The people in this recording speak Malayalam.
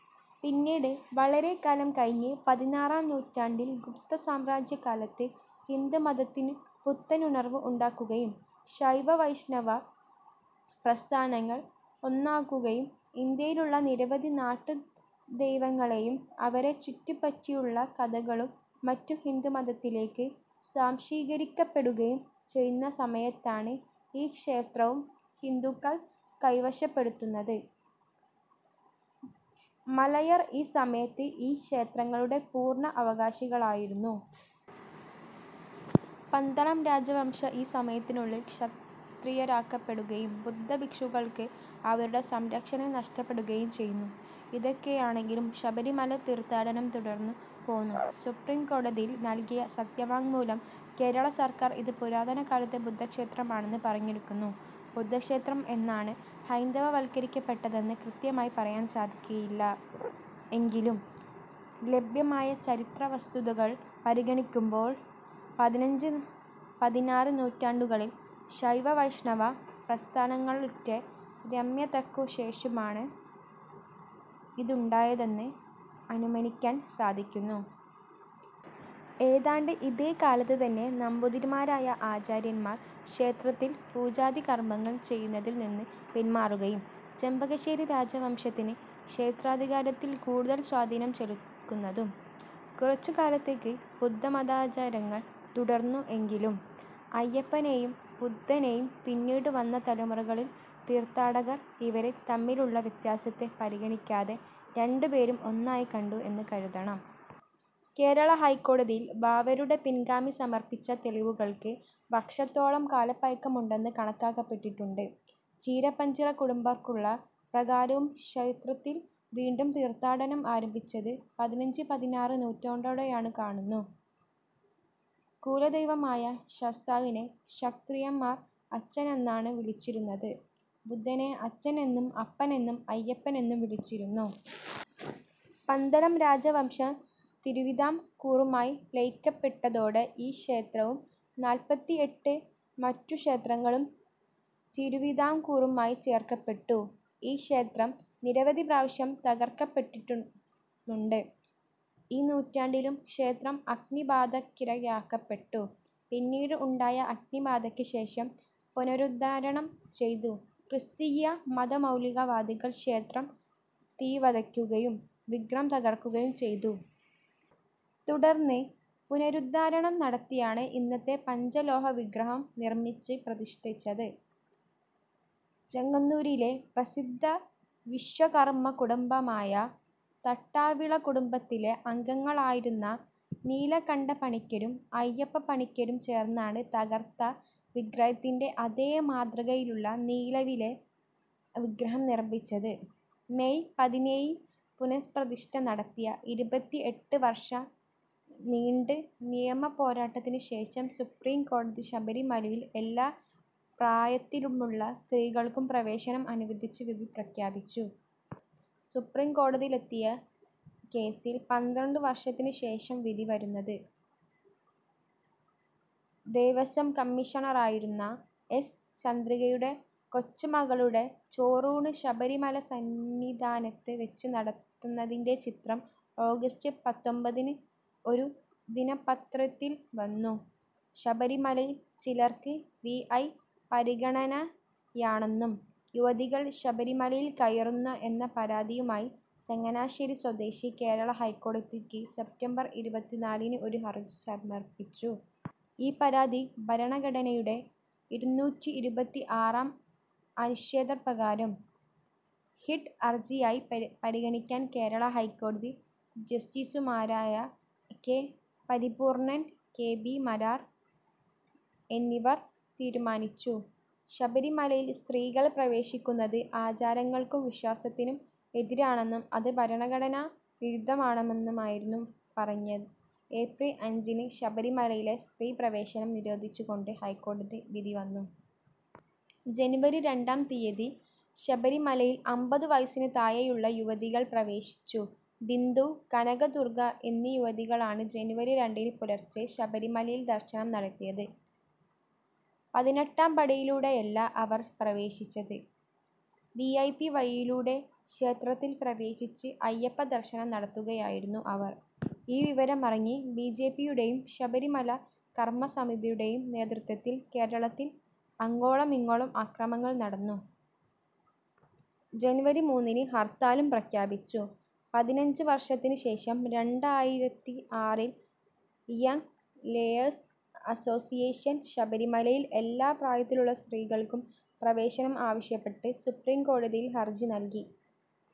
പിന്നീട് വളരെക്കാലം കഴിഞ്ഞ് പതിനാറാം നൂറ്റാണ്ടിൽ ഗുപ്ത സാമ്രാജ്യകാലത്ത് ഹിന്ദുമതത്തിനു പുത്തനുണർവ്വ് ഉണ്ടാകുകയും ശൈവ വൈഷ്ണവ പ്രസ്ഥാനങ്ങൾ ഒന്നാകുകയും ഇന്ത്യയിലുള്ള നിരവധി നാട്ടു ദൈവങ്ങളെയും അവരെ ചുറ്റുപ്പറ്റിയുള്ള കഥകളും മറ്റും ഹിന്ദുമതത്തിലേക്ക് സ്വാംശീകരിക്കപ്പെടുകയും ചെയ്യുന്ന സമയത്താണ് ഈ ക്ഷേത്രവും ഹിന്ദുക്കൾ കൈവശപ്പെടുത്തുന്നത്. മലയർ ഈ സമയത്ത് ഈ ക്ഷേത്രങ്ങളുടെ പൂർണ്ണ അവകാശികളായിരുന്നു. പന്തളം രാജവംശം ഈ സമയത്തിനുള്ളിൽ ക്ഷത്രിയരാക്കപ്പെടുകയും ബുദ്ധഭിക്ഷുക്കൾക്ക് അവരുടെ സംരക്ഷകണം നഷ്ടപ്പെടുകയും ചെയ്യുന്നു. ഇതൊക്കെയാണെങ്കിലും ശബരിമല തീർത്ഥാടനം തുടർന്നു പോന്നു. സുപ്രീം കോടതിയിൽ നൽകിയ സത്യവാങ്മൂലം കേരള സർക്കാർ ഇത് പുരാതന കാലത്ത് ബുദ്ധക്ഷേത്രമാണെന്ന് പറഞ്ഞിരിക്കുന്നു. ബുദ്ധക്ഷേത്രം എന്നാണ് ഹൈന്ദവവൽകരിക്കപ്പെട്ടതെന്ന് കൃത്യമായി പറയാൻ സാധിക്കയില്ല എങ്കിലും ലഭ്യമായ ചരിത്രവസ്തുതകൾ പരിഗണിക്കുമ്പോൾ പതിനഞ്ച് - പതിനാറ് നൂറ്റാണ്ടുകളിൽ ശൈവവൈഷ്ണവ പ്രസ്ഥാനങ്ങളുറ്റെ രമ്യതക്കു ശേഷമാണ് ഇതുണ്ടായതെന്ന് അനുമനിക്കാൻ സാധിക്കുന്നു. ഏതാണ്ട് ഇതേ കാലത്ത് തന്നെ നമ്പൂതിരിമാരായ ആചാര്യന്മാർ ക്ഷേത്രത്തിൽ പൂജാദികർമ്മങ്ങൾ ചെയ്യുന്നതിൽ നിന്ന് പിന്മാറുകയും ചെമ്പകശ്ശേരി രാജവംശത്തിന് ക്ഷേത്രാധികാരത്തിൽ കൂടുതൽ സ്വാധീനം ചൊലുക്കുന്നതും. കുറച്ചു കാലത്തേക്ക് ബുദ്ധമതാരചങ്ങൾ തുടർന്നു എങ്കിലും അയ്യപ്പനേയും ബുദ്ധനേയും പിന്നീടു വന്ന തലമുറകളിൽ തീർത്ഥാടകർ ഇവർ തമ്മിലുള്ള വ്യത്യാസത്തെ പരിഗണിക്കാതെ രണ്ടുപേരും ഒന്നായി കണ്ടു എന്ന് കരുതണം. കേരള ഹൈക്കോടതിയിൽ വാവരുടെ പിൻഗാമി സമർപ്പിച്ച തെളിവുകൾക്ക് വർഷത്തോളം കാലപഴക്കമുണ്ടെന്ന് കണക്കാക്കപ്പെട്ടിട്ടുണ്ട്. ചീരപ്പഞ്ചിറ കുടുംബർക്കുള്ള പ്രകാരവും ക്ഷേത്രത്തിൽ വീണ്ടും തീർത്ഥാടനം ആരംഭിച്ചത് പതിനഞ്ച് - പതിനാറ് നൂറ്റാണ്ടോടെയാണെന്നു കാണുന്നു. കുലദൈവമായ ശാസ്താവിനെ ക്ഷത്രിയന്മാർ അച്ഛനെന്നാണ് വിളിച്ചിരുന്നത്. ബുദ്ധനെ അച്ഛൻ എന്നും അപ്പൻ എന്നും അയ്യൻ എന്നും വിളിച്ചിരുന്നു. പന്തലം രാജവംശം തിരുവിതാം കൂറുമായി ലയിക്കപ്പെട്ടതോടെ ഈ ക്ഷേത്രവും നാല്പത്തിഎട്ട് മറ്റു ക്ഷേത്രങ്ങളും തിരുവിതാംകൂറുമായി ചേർക്കപ്പെട്ടു. ഈ ക്ഷേത്രം നിരവധി പ്രാവശ്യം തകർക്കപ്പെട്ടിട്ടുമുണ്ട്. ഈ നൂറ്റാണ്ടിലും ക്ഷേത്രം അഗ്നിബാധക്കിരയാക്കപ്പെട്ടു പിന്നീട് ഉണ്ടായ അഗ്നിബാധക്ക് ശേഷം പുനരുദ്ധാരണം ചെയ്തു. ക്രിസ്തീയ മതമൗലികവാദികൾ ക്ഷേത്രം തീവയ്ക്കുകയും വിഗ്രഹം തകർക്കുകയും ചെയ്തു. തുടർന്ന് പുനരുദ്ധാരണം നടത്തിയാണ് ഇന്നത്തെ പഞ്ചലോഹവിഗ്രഹം നിർമ്മിച്ച് പ്രതിഷ്ഠിച്ചത്. ചെങ്ങന്നൂരിലെ പ്രസിദ്ധ വിശ്വകർമ്മ കുടുംബമായ തട്ടാവിള കുടുംബത്തിലെ അംഗങ്ങളായിരുന്ന നീലകണ്ഠപണിക്കരും അയ്യപ്പപ്പണിക്കരും ചേർന്നാണ് തകർത്ത വിഗ്രഹത്തിന്റെ അതേ മാതൃകയിലുള്ള നീലവിലെ വിഗ്രഹം നിർമ്മിച്ചത്. മേയ് പതിനേഴി പുനഃപ്രതിഷ്ഠ നടത്തിയ. ഇരുപത്തിഎട്ട് വർഷം നീണ്ട് നിയമപോരാട്ടത്തിന് ശേഷം സുപ്രീം കോടതി ശബരിമലയിൽ എല്ലാം പ്രായത്തിലുമുള്ള സ്ത്രീകൾക്കു പ്രവേശനം അനുവദിച്ച് വിധി പ്രഖ്യാപിച്ചു. സുപ്രീംകോടതിയിലെത്തിയ കേസിൽ പന്ത്രണ്ട് വർഷത്തിന് ശേഷം വിധി വരുന്നത്. ദേവസ്വം കമ്മീഷണറായിരുന്ന എസ്. ചന്ദ്രികയുടെ കൊച്ചുമകളുടെ ചോറൂണ് ശബരിമല സന്നിധാനത്ത് വെച്ച് നടത്തുന്നതിന്റെ ചിത്രം ഓഗസ്റ്റ് പത്തൊമ്പതിന് ഒരു ദിനപത്രത്തിൽ വന്നു. ശബരിമലയിൽ ചിലർക്ക് വി. ഐ. പരിഗണനയാണെന്നും യുവതികൾ ശബരിമലയിൽ കയറുന്ന എന്ന പരാതിയിയുമായി ചങ്ങനാശേരി സ്വദേശി കേരള ഹൈക്കോടതിക്ക് സെപ്റ്റംബർ ഇരുപത്തിനാലിന് ഒരു ഹർജി സമർപ്പിച്ചു. ഈ പരാതി ഭരണഘടനയുടെ ഇരുനൂറ്റിഇരുപത്തിആറാം അനുഛേദപ്രകാരം റിട്ട് ഹർജിയായി പ പരിഗണിക്കാൻ കേരള ഹൈക്കോതി ജസ്റ്റിസുമാരായ K. Paripoornan, K. B. Marar എന്നിവർ തീരുമാനിച്ചു. ശബരിമലയിൽ സ്ത്രീകൾ പ്രവേശിക്കുന്നത് ആചാരങ്ങൾക്കും വിശ്വാസത്തിനും എതിരാണെന്നും അത് ഭരണഘടനാ വിരുദ്ധമാണെന്നുമായിരുന്നു പറഞ്ഞ് ഏപ്രിൽ അഞ്ചിന് ശബരിമലയിലെ സ്ത്രീപ്രവേശനം നിരോധിച്ചുകൊണ്ട് ഹൈക്കോടതി വിധി വന്നു. ജനുവരി രണ്ടാം തീയതി ശബരിമലയിൽ അമ്പതു വയസിന് താഴെയുള്ള യുവതികൾ പ്രവേശിച്ചു. ബിന്ദു, കനകദുർഗ്ഗ എന്നീ യുവതികളാണ് ജനുവരി രണ്ടിന് പുലർച്ചെ ശബരിമലയിൽ ദർശനം നടത്തിയത്. പതിനെട്ടാംപടിയിലൂടെയല്ല അവർ പ്രവേശിച്ചത്. വിഐപി വഴിയിലൂടെ ക്ഷേത്രത്തിൽ പ്രവേശിച്ച് അയ്യപ്പദർശനം നടത്തുകയായിരുന്നു അവർ. ഈ വിവരമറിഞ്ഞ് ബിജെപിയുടെയും ശബരിമല കർമ്മസമിതിയുടെയും നേതൃത്വത്തിൽ കേരളത്തിൽ അങ്ങോളമിങ്ങോളം അക്രമങ്ങൾ നടന്നു. ജനുവരി മൂന്നിന് ഹർത്താലും പ്രഖ്യാപിച്ചു. പതിനഞ്ച് വർഷത്തിന് ശേഷം രണ്ടായിരത്തിആറിൽ യംങ് ലോയേഴ്സ് അസോസിയേഷൻ ശബരിമലയിൽ എല്ലാ പ്രായത്തിലുള്ള സ്ത്രീകൾക്കും പ്രവേശനം ആവശ്യപ്പെട്ട് സുപ്രീംകോടതിയിൽ ഹർജി നൽകി.